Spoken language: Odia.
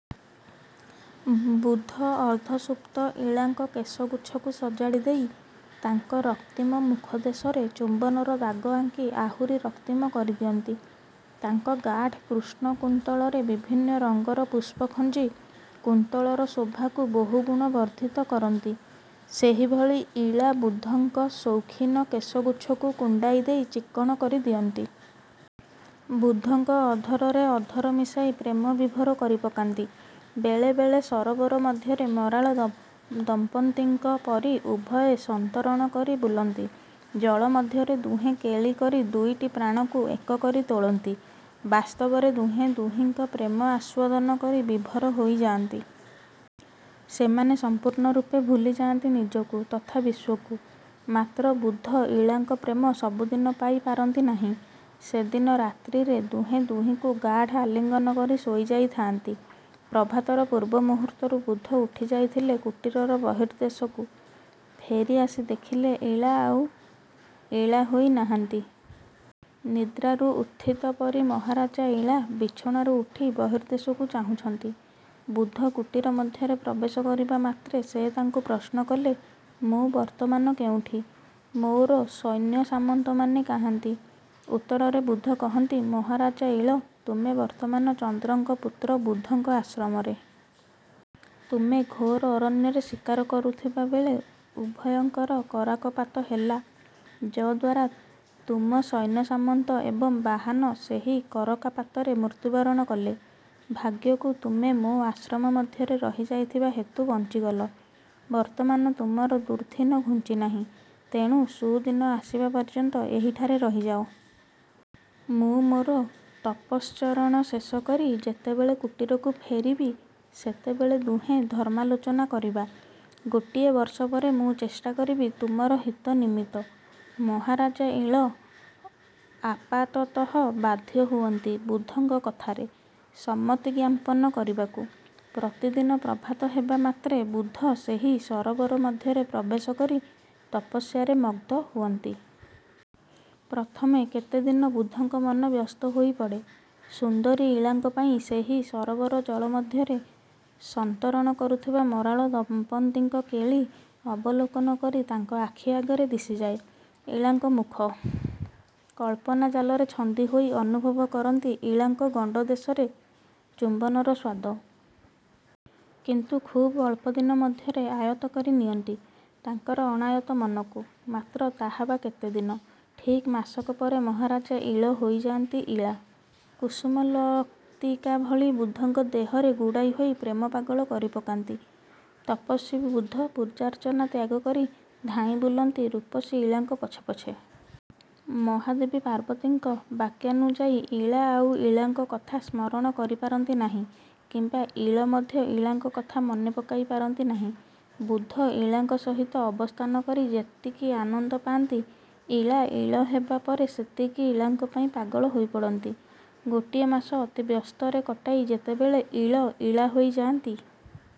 ବୁଧ ଅର୍ଦ୍ଧସୁପ୍ତ ଇଳାଙ୍କ କେଶଗୁଚ୍ଛକୁ ସଜାଡ଼ି ଦେଇ ତାଙ୍କ ରକ୍ତିମ ମୁଖଦେଶରେ ଚୁମ୍ୱନର ଦାଗ ଆଙ୍କି ଆହୁରି ରକ୍ତିମ କରିଦିଅନ୍ତି। ତାଙ୍କ ଗାଢ଼ କୃଷ୍ଣ କୁନ୍ତଳରେ ବିଭିନ୍ନ ରଙ୍ଗର ପୁଷ୍ପ ଖଞ୍ଜି କୁନ୍ତଳର ଶୋଭାକୁ ବହୁଗୁଣ ବର୍ଦ୍ଧିତ କରନ୍ତି। ସେହିଭଳି ଇଳା ବୁଧଙ୍କ ସୌଖିନ କେଶଗୁଚ୍ଛକୁ କୁଣ୍ଡାଇ ଦେଇ ଚିକ୍କଣ କରି ଦିଅନ୍ତି। ବୁଧଙ୍କ ଅଧରରେ ଅଧର ମିଶାଇ ପ୍ରେମ ବିଭୋର କରିପକାନ୍ତି। ବେଳେ ବେଳେ ସରୋବର ମଧ୍ୟରେ ମରାଳ ଦମ୍ପତ୍ତିଙ୍କ ପରି ଉଭୟେ ସନ୍ତରଣ କରି ବୁଲନ୍ତି। ଜଳ ମଧ୍ୟରେ ଦୁହେଁ କେଳି କରି ଦୁଇଟି ପ୍ରାଣକୁ ଏକ କରି ତୋଳନ୍ତି। ବାସ୍ତବରେ ଦୁହେଁ ଦୁହିଁଙ୍କ ପ୍ରେମ ଆସ୍ୱାଦନ କରି ବିଭୋର ହୋଇଯାଆନ୍ତି। ସେମାନେ ସଂପୂର୍ଣ୍ଣ ରୂପେ ଭୁଲିଯାଆନ୍ତି ନିଜକୁ ତଥା ବିଶ୍ୱକୁ। ମାତ୍ର ବୁଧ ଇଳାଙ୍କ ପ୍ରେମ ସବୁଦିନ ପାଇ ପାରନ୍ତି ନାହିଁ। ସେ ଦିନ ରାତ୍ରିରେ ଦୁହେଁ ଦୁହିଁଙ୍କୁ ଗାଢ଼ ଆଲିଙ୍ଗନ କରି ଶୋଇଯାଇ ଥାଆନ୍ତି। ପ୍ରଭାତର ପୂର୍ବ ମୁହୂର୍ତ୍ତରୁ ବୁଧ ଉଠିଯାଇଥିଲେ କୁଟୀରର ବର୍ହିଦେଶକୁ। ଫେରିଆସି ଦେଖିଲେ ଇଳା ଆଉ ଇଳା ହୋଇ ନାହାନ୍ତି। ନିଦ୍ରାରୁ ଉତ୍ଥିତ ପରି ମହାରାଜ ଇଳା ବିଛଣାରୁ ଉଠି ବର୍ହିଦେଶକୁ ଚାହୁଁଛନ୍ତି। ବୁଧ କୁଟୀର ମଧ୍ୟରେ ପ୍ରବେଶ କରିବା ମାତ୍ରେ ସେ ତାଙ୍କୁ ପ୍ରଶ୍ନ କଲେ, ମୁଁ ବର୍ତ୍ତମାନ କେଉଁଠି? ମୋର ସୈନ୍ୟସାମନ୍ତମାନେ କାହାନ୍ତି? ଉତ୍ତରରେ ବୁଧ କୁହନ୍ତି, ମହାରାଜ ଇଳ, ତୁମେ ବର୍ତ୍ତମାନ ଚନ୍ଦ୍ରଙ୍କ ପୁତ୍ର ବୁଧଙ୍କ ଆଶ୍ରମରେ। ତୁମେ ଘୋର ଅରଣ୍ୟରେ ଶିକାର କରୁଥିବା ବେଳେ ଭୟଙ୍କର କରକାପାତ ହେଲା ଯଦ୍ୱାରା ତୁମ ସୈନ୍ୟସାମନ୍ତ ଏବଂ ବାହନ ସେହି କରକା ପାତରେ ମୃତ୍ୟୁ ବରଣ କଲେ। ଭାଗ୍ୟକୁ ତୁମେ ମୋ ଆଶ୍ରମ ମଧ୍ୟର ରହିଯାଇଥିବା ହେତୁ ବଞ୍ଚିଗଲ। ବର୍ତ୍ତମାନ ତୁମର ଦୁର୍ଦ୍ଦିନ ଘୁଞ୍ଚିନାହିଁ। ତେଣୁ ସୁଦିନ ଆସିବା ପର୍ଯ୍ୟନ୍ତ ଏହିଠାରେ ରହିଯାଅ। ମୁଁ ମୋର ତପଶ୍ଚରଣ ଶେଷକରି ଯେତେବେଳେ କୁଟୀରକୁ ଫେରିବି ସେତେବେଳେ ଦୁହେଁ ଧର୍ମାଲୋଚନା କରିବା। ଗୋଟିଏ ବର୍ଷ ପରେ ମୁଁ ଚେଷ୍ଟାକରିବି ତୁମର ହିତ ନିମିତ୍ତ। ମହାରାଜ ଇଳ ଆପାତତଃ ବାଧ୍ୟ ହୁଅନ୍ତି ବୁଧଙ୍କ କଥାରେ ସମ୍ମତ୍ତିଜ୍ଞାପନ କରିବାକୁ। ପ୍ରତିଦିନ ପ୍ରଭାତ ହେବା ମାତ୍ରେ ବୁଧ ସେହି ସରୋବର ମଧ୍ୟରେ ପ୍ରବେଶ କରି ତପସ୍ୟାରେ ମଗ୍ନ ହୁଅନ୍ତି। ପ୍ରଥମେ କେତେ ଦିନ ବୁଧଙ୍କ ମନ ବ୍ୟସ୍ତ ହୋଇପଡ଼େ ସୁନ୍ଦରୀ ଇଳାଙ୍କ ପାଇଁ। ସେହି ସରୋବର ଜଳ ମଧ୍ୟରେ ସନ୍ତରଣ କରୁଥିବା ମରାଳ ଦମ୍ପତ୍ତିଙ୍କ କେଳି ଅବଲୋକନ କରି ତାଙ୍କ ଆଖି ଆଗରେ ଦିଶିଯାଏ ଇଳାଙ୍କ ମୁଖ। କଳ୍ପନା ଜାଲରେ ଛନ୍ଦି ହୋଇ ଅନୁଭବ କରନ୍ତି ଇଳାଙ୍କ ଗଣ୍ଡଦେଶରେ ଚୁମ୍ୱନର ସ୍ୱାଦ। କିନ୍ତୁ ଖୁବ୍ ଅଳ୍ପଦିନ ମଧ୍ୟରେ ଆୟତ କରି ନିଅନ୍ତି ତାଙ୍କର ଅଣାୟତ ମନକୁ। ମାତ୍ର ତାହା ବା କେତେଦିନ? ଠିକ୍ ମାସକ ପରେ ମହାରାଜ ଇଳ ହୋଇଯାଆନ୍ତି ଇଳା। କୁସୁମ ଲତିକା ଭଳି ବୁଧଙ୍କ ଦେହରେ ଗୁଡ଼ାଇ ହୋଇ ପ୍ରେମ ପାଗଳ କରିପକାନ୍ତି। ତପସ୍ୱୀ ବୁଧ ପୂଜାର୍ଚ୍ଚନା ତ୍ୟାଗ କରି ଧାଇଁ ବୁଲନ୍ତି ରୂପସୀ ଇଳାଙ୍କ ପଛେ ପଛେ। ମହାଦେବୀ ପାର୍ବତୀଙ୍କ ବାକ୍ୟାନୁଯାୟୀ ଇଳା ଆଉ ଇଳାଙ୍କ କଥା ସ୍ମରଣ କରିପାରନ୍ତି ନାହିଁ କିମ୍ୱା ଇଳ ମଧ୍ୟ ଇଳାଙ୍କ କଥା ମନେପକାଇ ପାରନ୍ତି ନାହିଁ। ବୁଧ ଇଳାଙ୍କ ସହିତ ଅବସ୍ଥାନ କରି ଯେତିକି ଆନନ୍ଦପାନ୍ତି, ଇଳା ଇଳ ହେବା ପରେ ସେତିକି ଇଳାଙ୍କ ପାଇଁ ପାଗଳ ହୋଇପଡ଼ନ୍ତି-। ଗୋଟିଏ ମାସ ଅତି ବ୍ୟସ୍ତରେ କଟାଇ ଯେତେବେଳେ ଇଳ ଇଳା ହୋଇଯାଆନ୍ତି